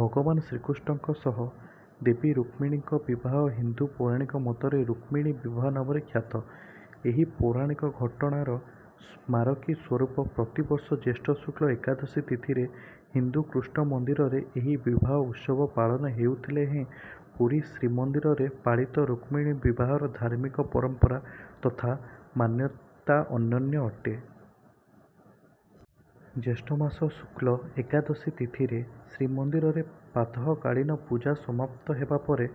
ଭଗବାନ ଶ୍ରୀକୃଷ୍ଣଙ୍କ ସହ ଦେବୀ ରୁକ୍ମିଣୀଙ୍କ ବିବାହ ହିନ୍ଦୁ ପୌରାଣିକ ମତରେ ରୁକ୍ମିଣୀ ବିବାହ ନାମରେ ଖ୍ୟାତ। ଏହି ପୌରାଣିକ ଘଟଣାର ସ୍ମାରକୀ ସ୍ୱରୂପ ପ୍ରତିବର୍ଷ ଜ୍ୟେଷ୍ଠ ଶୁକ୍ଳ ଏକାଦଶୀ ତିଥିରେ ହିନ୍ଦୁ କୃଷ୍ଣ ମନ୍ଦିରରେ ଏହି ବିବାହ ଉତ୍ସବ ପାଳନ ହେଉଥିଲେ ହେଁ ପୁରୀ ଶ୍ରୀମନ୍ଦିରରେ ପାଳିତ ରୁକ୍ମିଣୀ ବିବାହର ଧାର୍ମିକ ପରମ୍ପରା ତଥା ମାନ୍ୟତା ଅନନ୍ୟ ଅଟେ। ଜ୍ୟେଷ୍ଠ ମାସ ଶୁକ୍ଳ ଏକାଦଶୀ ତିଥିରେ ଶ୍ରୀମନ୍ଦିରରେ ପ୍ରାତଃକାଳୀନ ପୂଜା ସମାପ୍ତ ହେବା ପରେ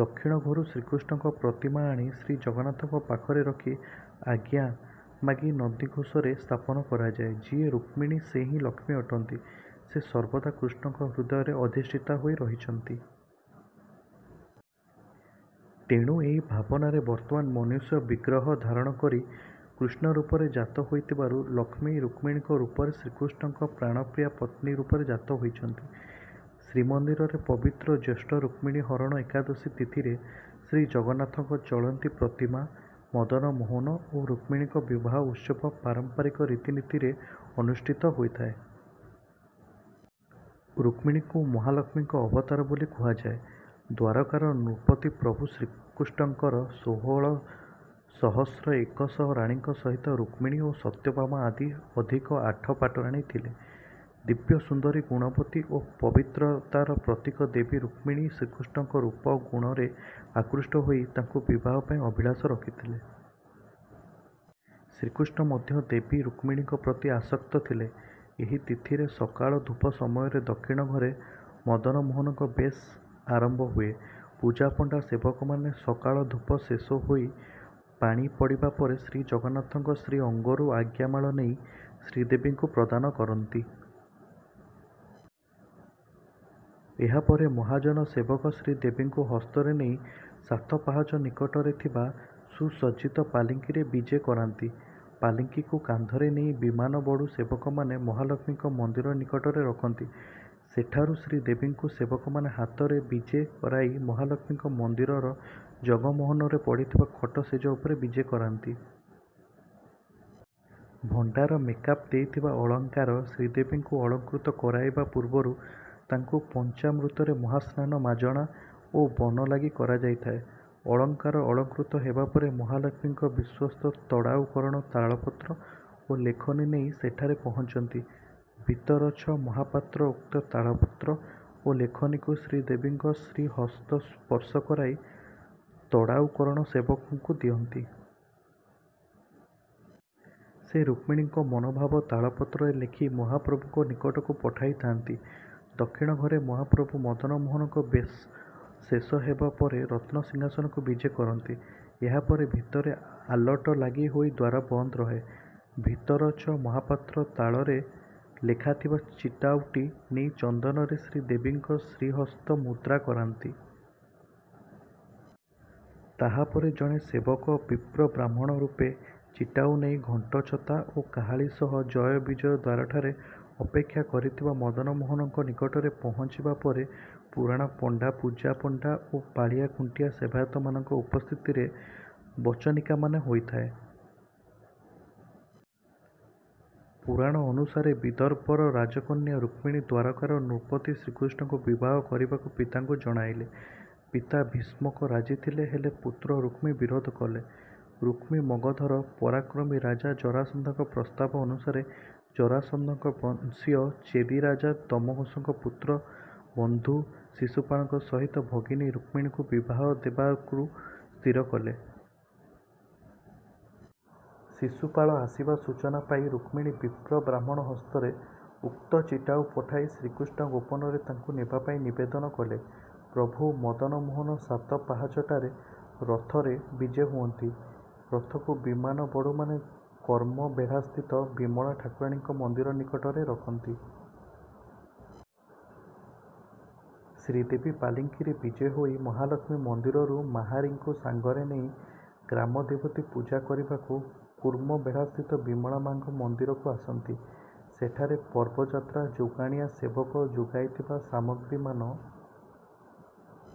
ଦକ୍ଷିଣ ଘରୁ ଶ୍ରୀକୃଷ୍ଣଙ୍କ ପ୍ରତିମା ଆଣି ଶ୍ରୀଜଗନ୍ନାଥଙ୍କ ପାଖରେ ରଖି ଆଜ୍ଞା ମାଗି ନନ୍ଦିଘୋଷରେ ସ୍ଥାପନ କରାଯାଏ। ଯିଏ ରୁକ୍ମିଣୀ ସେ ହିଁ ଲକ୍ଷ୍ମୀ ଅଟନ୍ତି। ସେ ସର୍ବଦା କୃଷ୍ଣଙ୍କ ହୃଦୟରେ ଅଧିଷ୍ଠିତା ହୋଇ ରହିଛନ୍ତି। ତେଣୁ ଏହି ଭାବନାରେ ବର୍ତ୍ତମାନ ମନୁଷ୍ୟ ବିଗ୍ରହ ଧାରଣ କରି କୃଷ୍ଣ ରୂପରେ ଜାତ ହୋଇଥିବାରୁ ଲକ୍ଷ୍ମୀ ରୁକ୍ମିଣୀ ରୂପରେ ଶ୍ରୀକୃଷ୍ଣଙ୍କ ପ୍ରାଣପ୍ରିୟା ପତ୍ନୀ ରୂପରେ ଜାତ ହୋଇଛନ୍ତି। ଶ୍ରୀମନ୍ଦିରରେ ପବିତ୍ର ଜ୍ୟେଷ୍ଠ ରୁକ୍ମିଣୀ ହରଣ ଏକାଦଶୀ ତିଥିରେ ଶ୍ରୀଜଗନ୍ନାଥଙ୍କ ଚଳନ୍ତି ପ୍ରତିମା ମଦନମୋହନ ଓ ରୁକ୍ମିଣୀଙ୍କ ବିବାହ ଉତ୍ସବ ପାରମ୍ପରିକ ରୀତିନୀତିରେ ଅନୁଷ୍ଠିତ ହୋଇଥାଏ। ରୁକ୍ମିଣୀଙ୍କୁ ମହାଲକ୍ଷ୍ମୀଙ୍କ ଅବତାର ବୋଲି କୁହାଯାଏ। ଦ୍ୱାରକାର ନୃପତି ପ୍ରଭୁ ଶ୍ରୀକୃଷ୍ଣଙ୍କର ଷୋହଳ ସହସ୍ର ଏକ ଶହ ରାଣୀଙ୍କ ସହିତ ରୁକ୍ମିଣୀ ଓ ସତ୍ୟଭାମା ଆଦି ଅଧିକ ଆଠ ପାଟରାଣୀ ଥିଲେ। ଦିବ୍ୟ ସୁନ୍ଦରୀ ଗୁଣବତୀ ଓ ପବିତ୍ରତାର ପ୍ରତୀକ ଦେବୀ ରୁକ୍ମିଣୀ ଶ୍ରୀକୃଷ୍ଣଙ୍କ ରୂପ ଗୁଣରେ ଆକୃଷ୍ଟ ହୋଇ ତାଙ୍କୁ ବିବାହ ପାଇଁ ଅଭିଳାଷ ରଖିଥିଲେ। ଶ୍ରୀକୃଷ୍ଣ ମଧ୍ୟ ଦେବୀ ରୁକ୍ମିଣୀଙ୍କ ପ୍ରତି ଆସକ୍ତ ଥିଲେ। ଏହି ତିଥିରେ ସକାଳ ଧୂପ ସମୟରେ ଦକ୍ଷିଣ ଘରେ ମଦନମୋହନଙ୍କ ବେଶ ଆରମ୍ଭ ହୁଏ। ପୂଜାପଣ୍ଡା ସେବକମାନେ ସକାଳ ଧୂପ ଶେଷ ହୋଇ ପାଣି ପଡ଼ିବା ପରେ ଶ୍ରୀଜଗନ୍ନାଥଙ୍କ ଶ୍ରୀଅଙ୍ଗରୁ ଆଜ୍ଞାମାଳ ନେଇ ଶ୍ରୀଦେବୀଙ୍କୁ ପ୍ରଦାନ କରନ୍ତି। ଏହାପରେ ମହାଜନ ସେବକ ଶ୍ରୀଦେବୀଙ୍କୁ ହସ୍ତରେ ନେଇ ସାତ ପାହାଚ ନିକଟରେ ଥିବା ସୁସଜ୍ଜିତ ପାଲିଙ୍କିରେ ବିଜେ କରାନ୍ତି। ପାଲିଙ୍କିକୁ କାନ୍ଧରେ ନେଇ ବିମାନବଡ଼ୁ ସେବକମାନେ ମହାଲକ୍ଷ୍ମୀଙ୍କ ମନ୍ଦିର ନିକଟରେ ରଖନ୍ତି। ସେଠାରୁ ଶ୍ରୀଦେବୀଙ୍କୁ ସେବକମାନେ ହାତରେ ବିଜେ କରାଇ ମହାଲକ୍ଷ୍ମୀଙ୍କ ମନ୍ଦିରର ଜଗମୋହନରେ ପଡ଼ିଥିବା ଖଟ ଶେଜ ଉପରେ ବିଜେ କରାନ୍ତି। ଭଣ୍ଡାର ମେକାପ ଦେଇଥିବା ଅଳଙ୍କାର ଶ୍ରୀଦେବୀଙ୍କୁ ଅଳଙ୍କୃତ କରାଇବା ପୂର୍ବରୁ ତାଙ୍କୁ ପଞ୍ଚାମୃତରେ ମହାସ୍ନାନ ମାଜଣା ଓ ବନଲାଗି କରାଯାଇଥାଏ। ଅଳଙ୍କାର ଅଳଙ୍କୃତ ହେବା ପରେ ମହାଲକ୍ଷ୍ମୀଙ୍କ ବିଶ୍ୱସ୍ତ ତଡ଼ାଉ କରଣ ତାଳପତ୍ର ଓ ଲେଖନୀ ନେଇ ସେଠାରେ ପହଞ୍ଚନ୍ତି। ଭିତରଛ ମହାପାତ୍ର ଉକ୍ତ ତାଳପତ୍ର ଓ ଲେଖନୀକୁ ଶ୍ରୀଦେବୀଙ୍କ ଶ୍ରୀହସ୍ତ ସ୍ପର୍ଶ କରାଇ ତଡ଼ାଉ କରଣ ସେବକଙ୍କୁ ଦିଅନ୍ତି। ସେ ରୁକ୍ମିଣୀଙ୍କ ମନୋଭାବ ତାଳପତ୍ରରେ ଲେଖି ମହାପ୍ରଭୁଙ୍କ ନିକଟକୁ ପଠାଇଥାନ୍ତି। ଦକ୍ଷିଣ ଘରେ ମହାପ୍ରଭୁ ମଦନମୋହନଙ୍କ ବେଶ ଶେଷ ହେବା ପରେ ରତ୍ନସିଂହାସନକୁ ବିଜେ କରନ୍ତି। ଏହାପରେ ଭିତରେ ଆଲଟ ଲାଗି ହୋଇ ଦ୍ୱାର ବନ୍ଦ ରହେ। ଭିତରଛ ମହାପାତ୍ର ତାଳପତ୍ରରେ ଲେଖାଥିବା ଚିଟାଉଟି ନେଇ ଚନ୍ଦନରେ ଶ୍ରୀଦେବୀଙ୍କ ଶ୍ରୀହସ୍ତ ମୁଦ୍ରା କରାନ୍ତି। ତାହାପରେ ଜଣେ ସେବକ ବିପ୍ର ବ୍ରାହ୍ମଣ ରୂପେ ଚିଟାଉ ନେଇ ଘଣ୍ଟ ଛତା ଓ କାହାଳୀ ସହ ଜୟ ବିଜୟ ଦ୍ୱାରଠାରେ ଅପେକ୍ଷା କରିଥିବା ମଦନମୋହନଙ୍କ ନିକଟରେ ପହଞ୍ଚିବା ପରେ ପୁରାଣ ପଣ୍ଡା ପୂଜା ପଣ୍ଡା ଓ ପାଳିଆ ଖୁଣ୍ଟିଆ ସେବାୟତମାନଙ୍କ ଉପସ୍ଥିତିରେ ବଚନିକାମାନ ହୋଇଥାଏ। ପୁରାଣ ଅନୁସାରେ ବିଦର୍ଭର ରାଜକନ୍ୟା ରୁକ୍ମିଣୀ ଦ୍ୱାରକାର ନୃପତି ଶ୍ରୀକୃଷ୍ଣଙ୍କୁ ବିବାହ କରିବାକୁ ପିତାଙ୍କୁ ଜଣାଇଲେ। ପିତା ଭୀଷ୍ମକ ରାଜି ଥିଲେ ହେଲେ ପୁତ୍ର ରୁକ୍ମୀ ବିରୋଧ କଲେ। ରୁକ୍ମୀ ମଗଧର ପରାକ୍ରମୀ ରାଜା ଜରାସନ୍ଧଙ୍କ ପ୍ରସ୍ତାବ ଅନୁସାରେ ଜରାସନ୍ଧଙ୍କ ବଂଶୀୟ ଚେଦିରାଜା ଦମଘୋଷଙ୍କ ପୁତ୍ର ବନ୍ଧୁ ଶିଶୁପାଳଙ୍କ ସହିତ ଭଗିନୀ ରୁକ୍ମିଣୀଙ୍କୁ ବିବାହ ଦେବାକୁ ସ୍ଥିର କଲେ। ଶିଶୁପାଳ ଆସିବା ସୂଚନା ପାଇ ରୁକ୍ମିଣୀ ବିପ୍ର ବ୍ରାହ୍ମଣ ହସ୍ତରେ ଉକ୍ତ ଚିଟାଉ ପଠାଇ ଶ୍ରୀକୃଷ୍ଣ ଗୋପନରେ ତାଙ୍କୁ ନେବା ପାଇଁ ନିବେଦନ କଲେ। ପ୍ରଭୁ ମଦନମୋହନ ସାତ ପାହାଚଠାରେ ରଥରେ ବିଜେ ହୁଅନ୍ତି। ରଥକୁ ବିମାନବଡ଼ୁମାନେ କୂର୍ମବେଢ଼ାସ୍ଥିତ ବିମଳା ଠାକୁରାଣୀଙ୍କ ମନ୍ଦିର ନିକଟରେ ରଖନ୍ତି। ଶ୍ରୀଦେବୀ ପାଲିଙ୍କିରେ ବିଜେ ହୋଇ ମହାଲକ୍ଷ୍ମୀ ମନ୍ଦିରରୁ ମାହାରୀଙ୍କୁ ସାଙ୍ଗରେ ନେଇ ଗ୍ରାମଦେବତୀ ପୂଜା କରିବାକୁ କୂର୍ମବେଢ଼ାସ୍ଥିତ ବିମଳା ମାଆଙ୍କ ମନ୍ଦିରକୁ ଆସନ୍ତି। ସେଠାରେ ପର୍ବଯାତ୍ରା ଯୋଗାଣିଆ ସେବକ ଯୋଗାଇଥିବା ସାମଗ୍ରୀମାନ